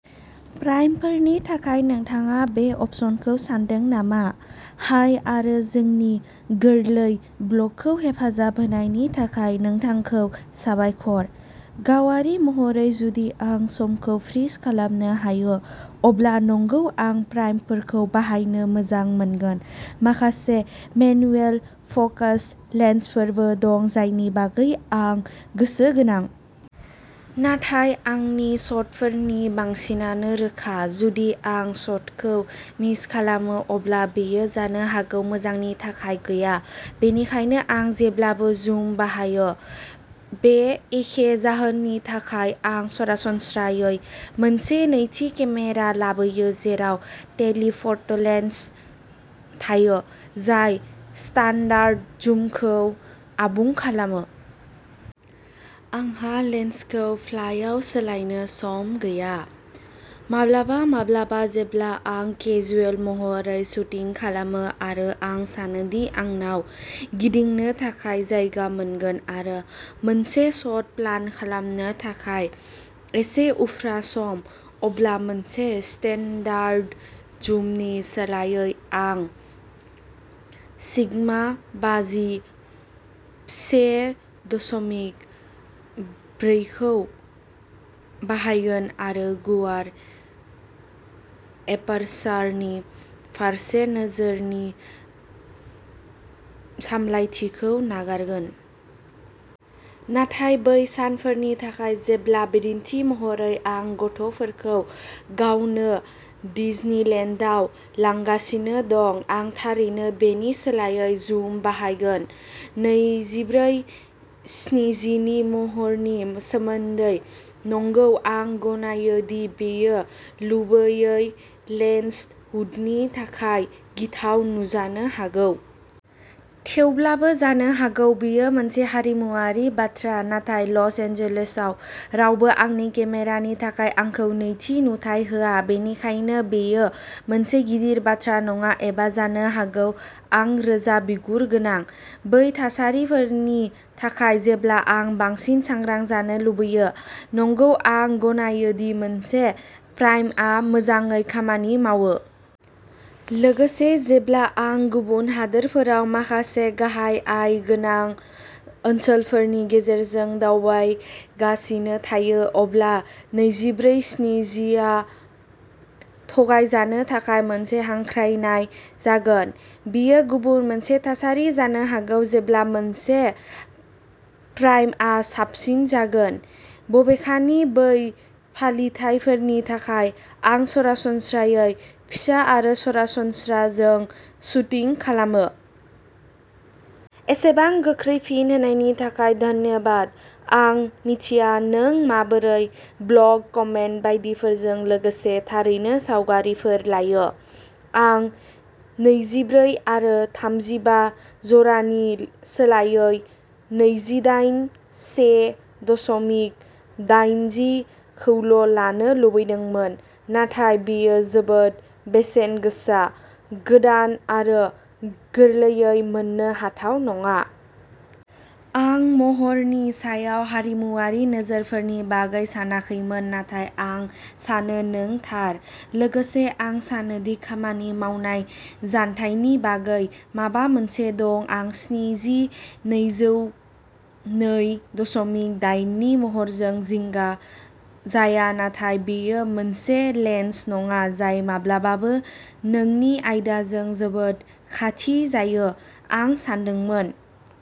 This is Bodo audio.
प्राइमफोरनि थाखाय नोंथाङा बे अपसनखौ सानदों नामा? हाय आरो जोंनि गोरलै ब्लगखौ हेफाजाब होनायनि थाखाय नोंथांखौ साबायखर! गावारि महरै जुदि आं समखौ फ्रिज खालामनो हायो अब्ला नंगौ आं प्राइमफोरखौ बाहायनो मोजां मोनगोन। माखासे मेनुएल फ'कास लेन्सफोरबो दं जायनि बागै आं गोसोगोनां। नाथाय आंनि शटफोरनि बांसिनानो रोखा। जुदि आं शटखौ मिस खालामो, अब्ला बेयो जानो हागौ मोजांनि थाखाय गैया। बेनिखायनो आं जेब्लाबो जुम बाहायो। बे एखे जाहोननि थाखाय, आं सरासनस्रायै मोनसे नैथि केमेरा लाबोयो जेराव टेलिफ'ट'लेन्स थायो जाय स्टान्डार्ड जुमखौ आबुं खालामो। आंहा लेन्सखौ फ्लायाव सोलायनो सम गैया। माब्लाबा माब्लाबा, जेब्ला आं केजुयेल महरै शुटिं खालामो आरो आं सानो दि आंनाव गिदिंनो थाखाय जायगा मोनगोन आरो मोनसे शट प्लान खालामनो थाखाय एसे उफ्रा सम, अब्ला मोनसे स्टान्डार्ड जुमनि सोलायै आं सिगमा बाजि से दसमिक ब्रैखौ बाहायगोन आरो गुवार एपार्सारनि फारसे नोजोरनि सामलायथिखौ नागारगोन। नाथाय बै सानफोरनि थाखाय जेब्ला बिदिन्थि महरै आं गथ'फोरखौ गावनो डिजनिलेन्डआव लांगासिनो दं आं थारैनो बेनि सोलायै जुम बाहायगोन। नैजिब्रै स्निजिनि महरनि सोमोन्दै, नंगौ आं गनायो दि बेयो गुबैयै लेन्स हुडनि थाखाय गिथाव नुजानो हागौ। थेवब्लाबो, जानो हागौ बेयो मोनसे हारिमुआरि बाथ्रा, नाथाय लस एन्जेल्सआव रावबो आंनि केमेरानि थाखाय आंखौ नैथि नुथाय होआ, बेनिखायनो बेयो मोनसे गिदिर बाथ्रा नङा। एबा जानो हागौ आं रोजा बिगुर गोनां। बै थासारिफोरनि थाखाय जेब्ला आं बांसिन सांग्रां जानो लुबैयो, नंगौ आं गनायो दि मोनसे प्राइमआ मोजाङै खामानि मावो। लोगोसे, जेब्ला आं गुबुन हादोरफोराव माखासे गाहाय आय गोनां ओनसोलफोरनि गेजेरजों दावबायगासिनो थायो, अब्ला नैजिब्रै स्निजिआ थगायजानो थाखाय मोनसे हांख्रायनाय जागोन। बेयो गुबुन मोनसे थासारि जानो हागौ जेब्ला मोनसे प्राइमआ साबसिन जागोन। बबेखानि बै फालिथायफोरनि थाखाय, आं सरासनस्रायै फिसा आरो सरासनस्रा जों शुटिं खालामो। एसेबां गोख्रै फिन होनायनि थाखाय धन्यबाद आं मिथिया नों माबोरै ब्लग, कमेन्ट बायदिफोरजों लोगोसे थारैनो सावगारिफोर लायो! आं नैजिब्रै आरो थामजिबा जरानि सोलायै नैजिदाइन से दसमिक दाइनजिखौल' लानो लुबैदोंमोन नाथाय बेयो जोबोद बेसेन गोसा गोदान आरो गोरलैयै मोननो हाथाव नङा। आं महरनि सायाव हारिमुआरि नोजोरफोरनि बागै सानाखैमोन नाथाय आं सानो नों थार। लोगोसे आं सानो दि खामानि मावनाय जानथायनि बागै माबा मोनसे दं आं स्निजि नैजौ नै दसमिक दाइननि महरजों जिंगा जाया नाथाय बेयो मोनसे लेन्स नङा जाय माब्लाबाबो नोंनि आयदाजों जोबोद खाथि जायो। आं सान्दोंमोन।